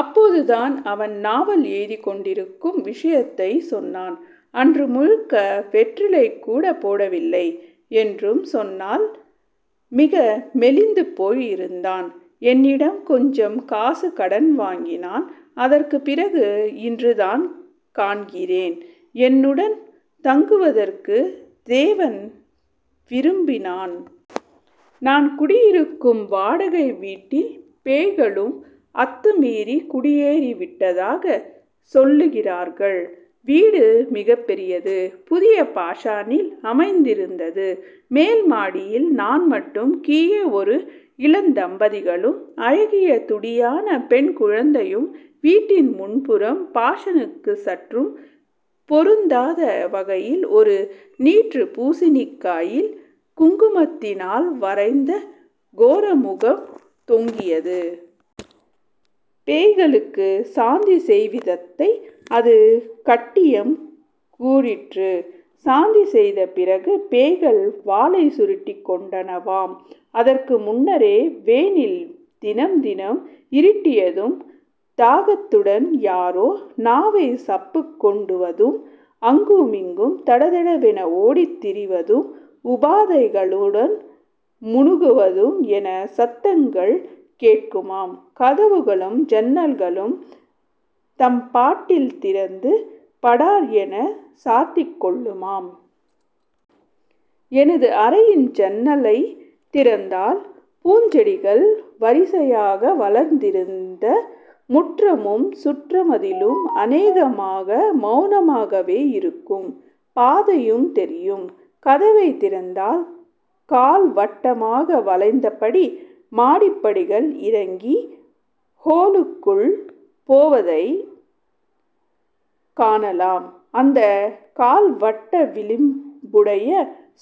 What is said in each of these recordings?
அப்போது தான் அவன் நாவல் எழுதிக் கொண்டிருக்கும் விஷயத்தைச் சொன்னான். அன்று முழுக்க வெற்றிலை கூடப் போடவில்லை என்றும் சொன்னால் மிக மெலிந்து போய் இருந்தான். என்னிடம் கொஞ்சம் காசு கடன் வாங்கினான். அதற்குப் பிறகு இன்று தான் காண்கிறேன். என்னுடன் தங்குவதற்கு தேவன் விரும்பினான். நான் குடியிருக்கும் வாடகை வீட்டில் பேய்களும் அத்து மீறிக் குடியேறிவிட்டதாகச் சொல்லுகிறார்கள். வீடு மிகப் பெரியது. புதிய பாஷனில் அமைந்திருந்தது. மேல் மாடியில் நான் மட்டும் கீழே ஒரு இளந்தம்பதிகளும், அழகிய துடியான பெண்குழந்தையும் வீட்டின் முன்புறம் பாஷனுக்கு சற்றும் பொருந்தாத வகையில் ஒரு நீற்றுப் பூசினிக்காயில் குங்குமத்தினால் வரைந்த கோரமுகம் தொங்கியது. பேய்களுக்கு சாந்தி செய்வித்ததை அது கட்டியம் கூறிற்று. சாந்தி செய்த பிறகு பேய்கள் வாலைச் சுருட்டிக் கொண்டனவாம். அதற்கு முன்னரே வெனில் தினம் தினம் இருட்டியதும் தாகத்துடன் யாரோ நாவைச் சப்புக் கொண்டுவதும், அங்குமிங்கும் தடதடவென ஓடித்திரிவதும். உபாதைகளுடன் முனகுவதும் என சத்தங்கள் கேட்குமாம். கதவுகளும் ஜன்னல்களும் தம்பாட்டில் திறந்து படார் என சாத்திக் கொள்ளுமாம். எனது அறையின் ஜன்னலைத் திறந்தால் பூஞ்செடிகள் வரிசையாக வளர்ந்திருந்த முற்றமும் சுற்றுமதிலும் அநேகமாக மெளனமாகவே இருக்கும் பாதையும் தெரியும். கதவைத் திறந்தால் கால்வட்டமாக வளைந்தபடி மாடிப்படிகள் இறங்கி ஹோலுக்குள் போவதைக் காணலாம். அந்தக் கால்வட்ட விளிம்புடைய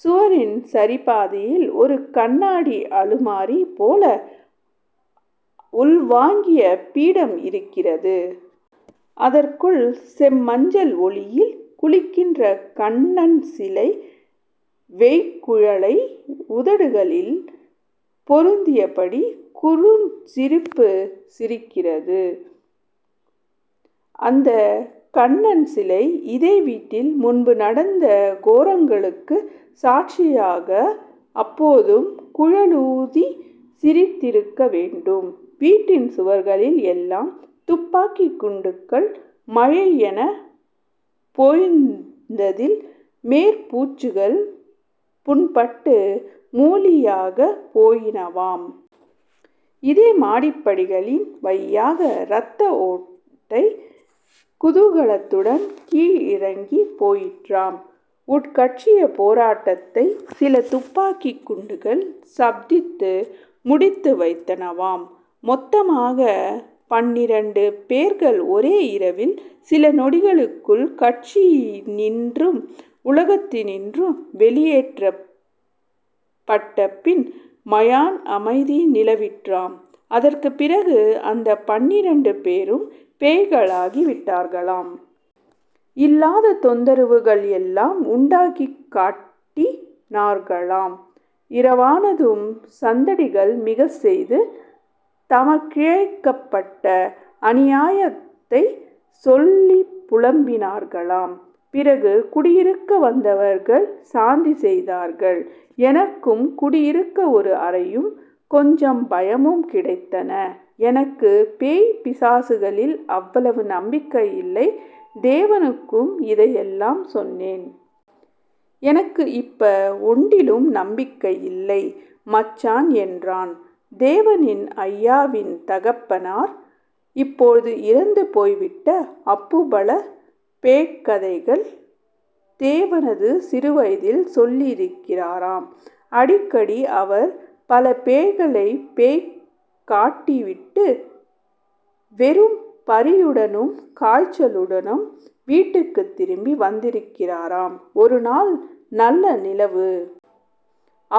சுவரின் சரிபாதியில் ஒரு கண்ணாடி அலுமாரி போல உள்வாங்கிய பீடம் இருக்கிறது. அதற்குள் செம்மஞ்சள் ஒளியில் குளிக்கின்ற கண்ணன்சிலை வேய்க்குழலை உதடுகளில் பொருத்தியபடி குறுஞ்சிரிப்புச் சிரிக்கிறது. அந்தக் கண்ணன் சிலை இதே வீட்டில் முன்பு நடந்த கோரங்களுக்கு சாட்சியாக அப்போதும் குழலூதிச் சிரித்திருக்க வேண்டும். வீட்டின் சுவர்களில் எல்லாம் துப்பாக்கிக் குண்டுகள் மழையெனப் பொழிந்ததில் மேற்பூச்சுகள் புண்பட்டு மூளியாகப் போயினவாம். இதே மாடிப்படிகளின் வழியாக இரத்த ஓடை குதூகலத்துடன் கீழிறங்கிப் போயிற்றாம். உட்கட்சிப் போராட்டத்தை சில துப்பாக்கிக் குண்டுகள் சப்தித்து முடித்து வைத்தனவாம். மொத்தமாக பன்னிரண்டு பேர்கள் ஒரே இரவில் சில நொடிகளுக்குள் கட்சியினின்றும் உலகத்தினின்றும் வெளியேற்றப்பட்டபின் மயான அமைதி நிலவிற்றாம். அதற்குப் பிறகு அந்தப் பன்னிரண்டு பேரும் பேய்களாகி விட்டார்களாம். இல்லாத தொந்தரவுகள் எல்லாம் உண்டாக்கிக் காட்டினார்களாம். இரவானதும் சந்தடிகள் மிகச் செய்து தமக்கிழைக்கப்பட்ட அநியாயத்தைச் சொல்லிப் புலம்பினார்களாம். பிறகு குடியிருக்க வந்தவர்கள் சாந்தி செய்தார்கள். எனக்கும் குடியிருக்க ஒரு அறையும், கொஞ்சம் பயமும் கிடைத்தன. எனக்குப் பேய் பிசாசுகளில் அவ்வளவு நம்பிக்கை இல்லை. தேவனுக்கும் இதையெல்லாம் சொன்னேன். எனக்கு இப்ப ஒண்டிலும் நம்பிக்கை இல்லை மச்சான் என்றான். தேவனின் அய்யா வின் தகப்பனார் இப்போது இறந்து போய்விட்ட அப்புபல பேய்க்கதைகளைத் தேவனது சிறுவயதில் சொல்லியிருக்கிறாராம். அடிக்கடி அவர் பலபேய்களைப் பேய்க்காட்டிவிட்டு வெறும் பறியுடனும் காய்ச்சலுடனும் வீட்டுக்கு திரும்பி வந்திருக்கிறாராம். ஒரு நாள், நல்ல நிலவு.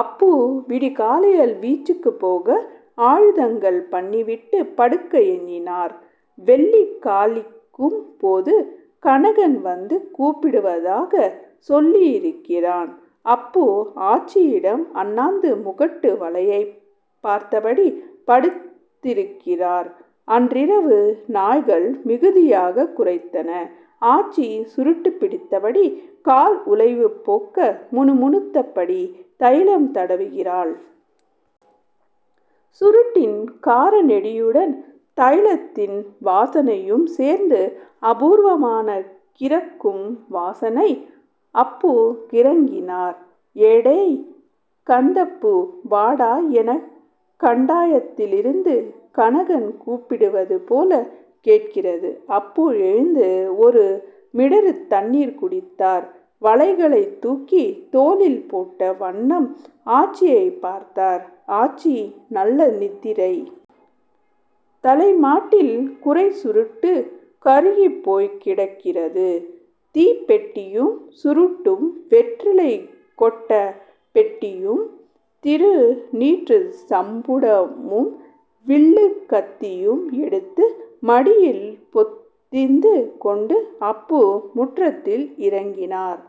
அப்பு விடிகாலையில் வீச்சுக்குப் போக ஆயத்தங்கள் பண்ணிவிட்டு படுக்க எண்ணினார். வெள்ளி காலிக்கும் போது கனகன் வந்து கூப்பிடுவதாகச் சொல்லியிருக்கிறான். அப்பு ஆச்சியிடம் அண்ணாந்து முகட்டு வளையைப் பார்த்தபடி படுத்திருக்கிறார். அன்றிரவு நாய்கள் மிகுதியாகக் குரைத்தன. ஆச்சி சுருட்டுப் பிடித்தபடி கால் உளைவு போக்க முணுமுணுத்தபடி தைலம் தடவுகிறாள். சுருட்டின் காரநெடியுடன் தைலத்தின் வாசனையும் சேர்ந்து அபூர்வமான கிறக்கும் வாசனை. அப்பு கிறங்கினார். எடேய்... கந்தப்பு... வாடா எனக் கண்டாயத்திலிருந்து கனகன் கூப்பிடுவது போலக் கேட்கிறது. அப்பு எழுந்து ஒரு மிடறு தண்ணீர் குடித்தார். வலைகளைத் தூக்கித் தோளில் போட்ட வண்ணம் ஆச்சியைப் பார்த்தார். ஆச்சி நல்ல நித்திரை. தலைமாட்டில் குறைச் சுருட்டு கருகிப் போய்க்கிடக்கிறது. தீப்பெட்டியும் சுருட்டும் வெற்றிலைக் கொட்டப் பெட்டியும் திருநீற்றுச் சம்புடமும் வில்லுக் கத்தியும் எடுத்து மடியில் பொதிந்து கொண்டு அப்பு முற்றத்தில் இறங்கினார்.